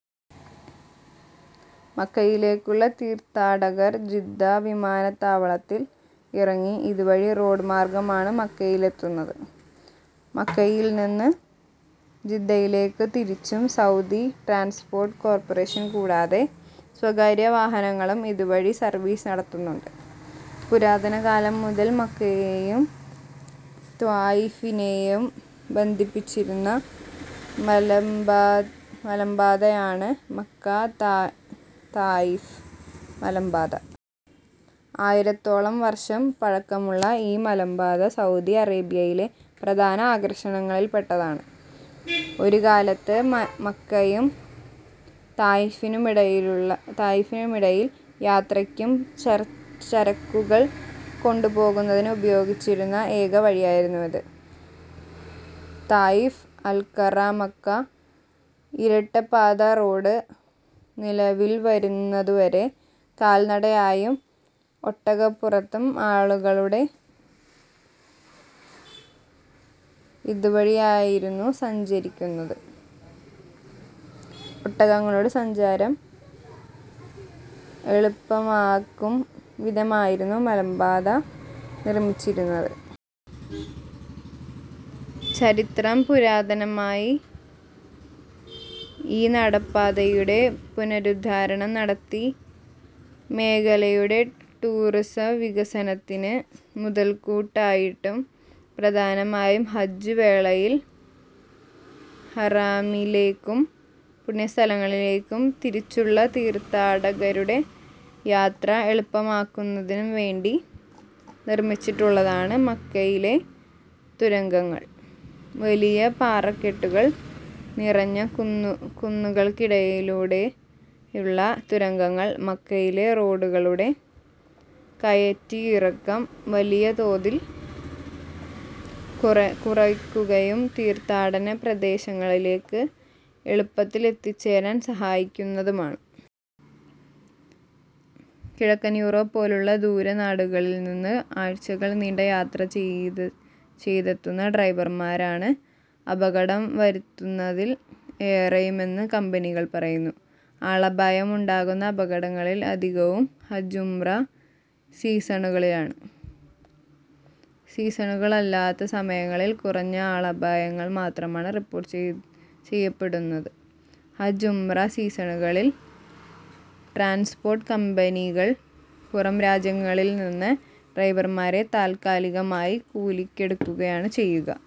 മക്കയിലേക്കുള്ള തീർത്ഥാടകർ ജിദ്ദ വിമാനത്താവളത്തിൽ ഇറങ്ങി ഇത് വഴി റോഡ് മാർഗ്ഗമാണ് മക്കയിലെത്തുന്നത്. മക്കയിൽ നിന്നും ജിദ്ദയിലേക്കും തിരിച്ചും സൗദി ട്രാൻസ്പോർട്ട് കോർപറേഷൻ കൂടാതെ സ്വകാര്യ വാഹനങ്ങളും ഇത് വഴി സർവീസ് നടത്തുന്നുണ്ട്. പുരാതന കാലം മുതൽ മക്കയെയും ത്വായിഫിനെയും ബന്ധിപ്പിച്ചിരുന്ന മലമ്പാതയാണ് മക്ക-താഇഫ് മലമ്പാത. ആയിരത്തോളം വർഷം പഴക്കമുള്ള ഈ മലമ്പാത സൗദി അറേബ്യയിലെ പ്രധാന ആകർഷണങ്ങളിൽ പെട്ടതാണ്. ഒരു കാലത്ത് മക്കക്കും താഇഫിനുമിടയിൽ യാത്രക്കും ചരക്കുകൾ കൊണ്ടുപോകുന്നതിനും ഉപയോഗിച്ചിരുന്ന ഏക വഴിയായിരുന്നു ഇത്. താഇഫ് അൽകറ-മക്ക ഇരട്ടപ്പാത റോഡ് നിലവിൽവരുന്നതുവരെ കാൽനടയായും ഒട്ടകപ്പുറത്തും ആളുകളുടെ ഇതുവഴിയായിരുന്നു സഞ്ചരിച്ചിരുന്നത്. ഒട്ടകങ്ങളുടെ സഞ്ചാരം എളുപ്പമാക്കും വിധമായിരുന്നു മലമ്പാത നിർമ്മിച്ചിരുന്നത്. ചരിത്രംപുരാതനമായിഈ നടപ്പാതയുടെ പുനരുദ്ധാരണം നടത്തി മേഖലയുടെ ടൂറിസ വികസനത്തിന് മുതൽക്കൂട്ടാക്കിയിട്ടും. പ്രധാനമായും ഹജ്ജ് വേളയിൽ ഹറമിലേക്കും പുണ്യസ്ഥലങ്ങളിലേക്കും തിരിച്ചുമുള്ള തീർത്ഥാടകരുടെ യാത്ര എളുപ്പമാക്കുന്നതിനു വേണ്ടി നിർമ്മിച്ചിട്ടുള്ളതാണ് മക്കയിലെ തുരങ്കങ്ങൾ. വലിയ പാറക്കെട്ടുകൾ നിറഞ്ഞ കുന്നുകൾക്കിടയിലൂടെയുള്ള തുരങ്കങ്ങൾ മക്കയിലെ റോഡുകളുടെ കയറ്റിറക്കം വലിയ തോതിൽ കുറക്കുകയും തീർത്ഥാടന പ്രദേശങ്ങളിലേക്ക് എളുപ്പത്തിൽ എത്തിച്ചേരാൻ സഹായിക്കുന്നതുമാണ്. കിഴക്കൻ യൂറോപ്പ് പോലുള്ള വിദൂര നാടുകളിൽ നിന്ന് ആഴ്ചകൾ നീണ്ട യാത്ര ചെയ്തെത്തുന്ന ഡ്രൈവർമാരാണ് അപകടം വരുത്തുന്നതിൽ ഏറെയുമെന്ന് കമ്പനികൾ പറയുന്നു. ആളപായമുണ്ടാകുന്ന അപകടങ്ങളിൽ അധികവും ഹജ്ജ്-ഉംറ സീസണുകളിലാണ്. സീസണുകളല്ലാത്ത സമയങ്ങളിൽ കുറഞ്ഞ ആളപായങ്ങൾ മാത്രമാണ് റിപ്പോർട്ട് ചെയ്യപ്പെടുന്നത്. ഹജ്ജ്-ഉംറ സീസണുകളിൽ ട്രാൻസ്പോർട്ട് കമ്പനികൾ പുറം രാജ്യങ്ങളിൽനിന്ന് ഡ്രൈവർമാരെ താൽക്കാലികമായി കൂലിക്കെടുക്കുകയാണ് ചെയ്യുക.